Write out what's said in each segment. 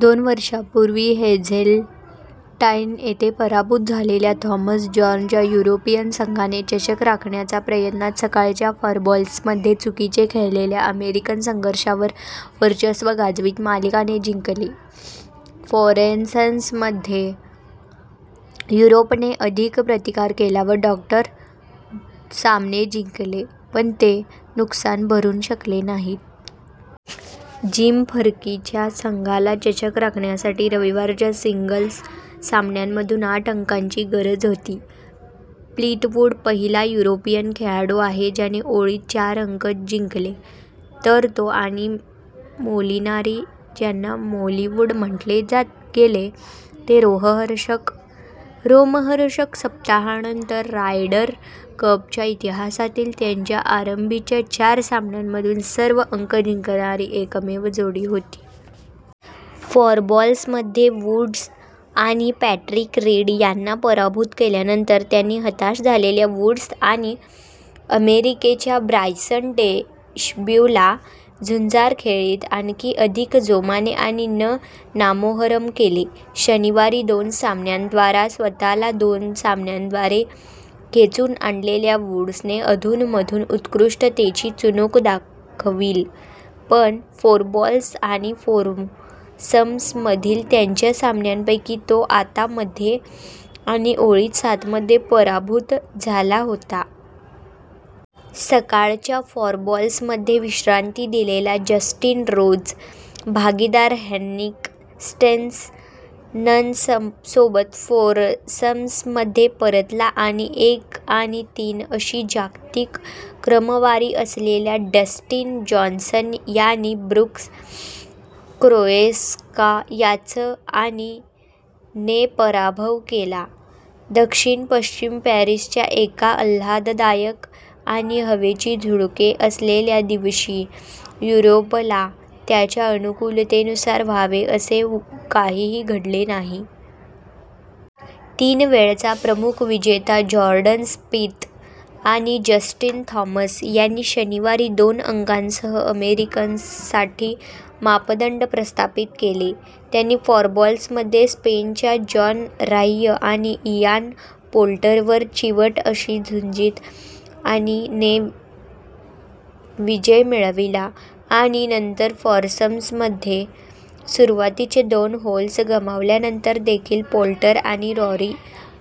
दोन वर्षांपूर्वी हेझेल्टाईन येथे पराभूत झालेल्या, थॉमस जॉर्नच्या युरोपियन संघाने चषक राखण्याच्या प्रयत्नात सकाळच्या फोरबॉल्समध्ये चुकीचे खेळलेल्या अमेरिकन संघावर वर्चस्व गाजवीत मालिका ने जिंकली. फोरसम्समध्ये युरोपने अधिक प्रतिकार केला व डॉ सामने जिंकले, पण ते नुकसान भरू शकले नाहीत. जिम फर्कीच्या संघाला चषक राखण्यासाठी रविवारच्या सिंगल्स सामन्यांमधून आठ अंकांची गरज होती. फ्लीटवूड पहिला युरोपियन खेळाडू आहे ज्याने ओळीत चार अंक जिंकले, तर तो आणि मोलिनारी, ज्यांना "मोलिवूड" म्हटले गेले, ते रोमहर्षक सप्ताहांतानंतर रायडर कपच्या इतिहासातील त्यांच्या आरंभीच्या चार सामन्यांमधून सर्व अंक जिंकणारी एकमेव जोडी होती. फोरबॉल्समध्ये वूड्स आणि पॅट्रिक रीड यांना पराभूत केल्यानंतर, त्यांनी हताश झालेल्या वूड्स आणि अमेरिकेच्या ब्रायसन डेशब्यूला झुंजार खेळीत आणखी अधिक जोमाने आणि ने नामोहरम केले. शनिवारी दोन सामन्यांद्वारा स्वतःला दोन सामन्यांद्वारे खेचून आणलेल्या वूड्सने, अधूनमधून उत्कृष्टतेची चुणूक दाखविल, पण फोरबॉल्स आणि फोरसम्समधील त्याच्या सामन्यांपैकी तो आता मध्ये आणि ओळीत सातमध्ये पराभूत झाला होता. सकाळच्या फोरबॉल्समध्ये विश्रांती दिलेला जस्टिन रोज, भागीदार हेन्रिक स्टेन्सनसोबत फोरसम्समध्ये परतला आणि एक आणि तीन अशी जागतिक क्रमवारी असलेल्या डस्टिन जॉन्सन आणि ब्रूक्स कोएप्का याचं आणि ने पराभव केला. दक्षिण-पश्चिम पॅरिसच्या एका आल्हाददायक आणि हवेची झुळूके असलेल्या दिवशी युरोपला त्याच्या अनुकूलतेनुसार व्हावे असे काहीही घडले नाही. तीन वेळचा प्रमुख विजेता जॉर्डन स्पिथ आणि जस्टिन थॉमस यांनी शनिवारी दोन अंकांसह अमेरिकन्ससाठी मापदंड प्रस्थापित केले. त्यांनी फोरबॉल्समध्ये स्पेनच्या जॉन राह्म आणि इयान पोल्टरवर चिवट अशा झुंजीत आणि ने विजय मिळविला आणि नंतर फोरसम्समध्ये सुरुवातीचे दोन होल्स गमावल्यानंतर देखील पोल्टर आणि रॉरी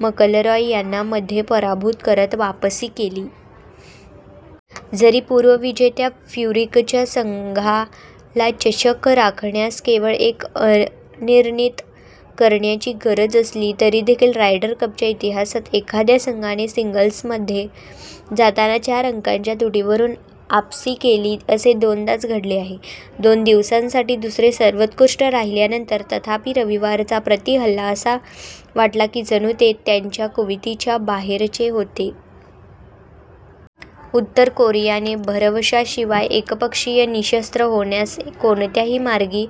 मकलरॉय यांना आणि मध्ये पराभूत करत वापसी केली. जरी पूर्वविजेत्या फ्युरिकच्या संघालाचषक राखण्यास केवळ एक अनिर्णीत करण्याची गरज असली, तरी देखील रायडर कपच्या इतिहासात एखाद्या संघाने सिंगल्समध्ये जाताना चार-अंकांच्या तुटीवरून वापसी केली असे दोनदाच घडले आहे. दोन दिवसांसाठी दुसरे-सर्वोत्कृष्ट राहिल्यानंतर, तथापि, रविवारचा प्रति-हल्ला असा वाटला की जणू ते त्यांच्या कुवतीच्या बाहेरचे होते. उत्तर कोरियाने भरवशाशिवाय एकपक्षीय निःशस्त्र होण्यास "कोणत्याही मार्गे"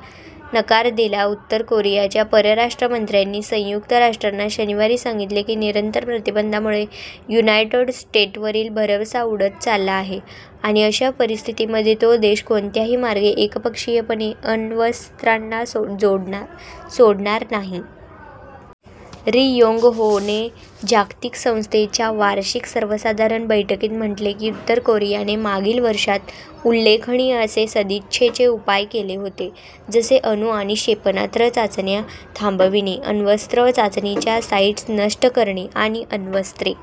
नकार दिला उत्तर कोरियाच्या परराष्ट्र मंत्र्यांनी संयुक्त राष्ट्रांना शनिवारी सांगितले की निरंतर प्रतिबंधांमुळे युनायटेड स्टेट्सवरील भरवसा उडत चालला आहे आणि अशा परिस्थितीमध्ये तो देश कोणत्याही मार्गे एकपक्षीयपणे अण्वस्त्रांना सोडणार नाही. री योंग होने जागतिक संस्थेच्या वार्षिक सर्वसाधारण बैठकीत म्हटले की उत्तर कोरियाने मागील वर्षात "उल्लेखनीय असे सदिच्छेचे उपाय" केले होते, जसे अणु आणि क्षेपणास्त्र चाचण्या थांबविणे, अण्वस्त्र चाचणीच्या साईट्स नष्ट करणे आणि अण्वस्त्रे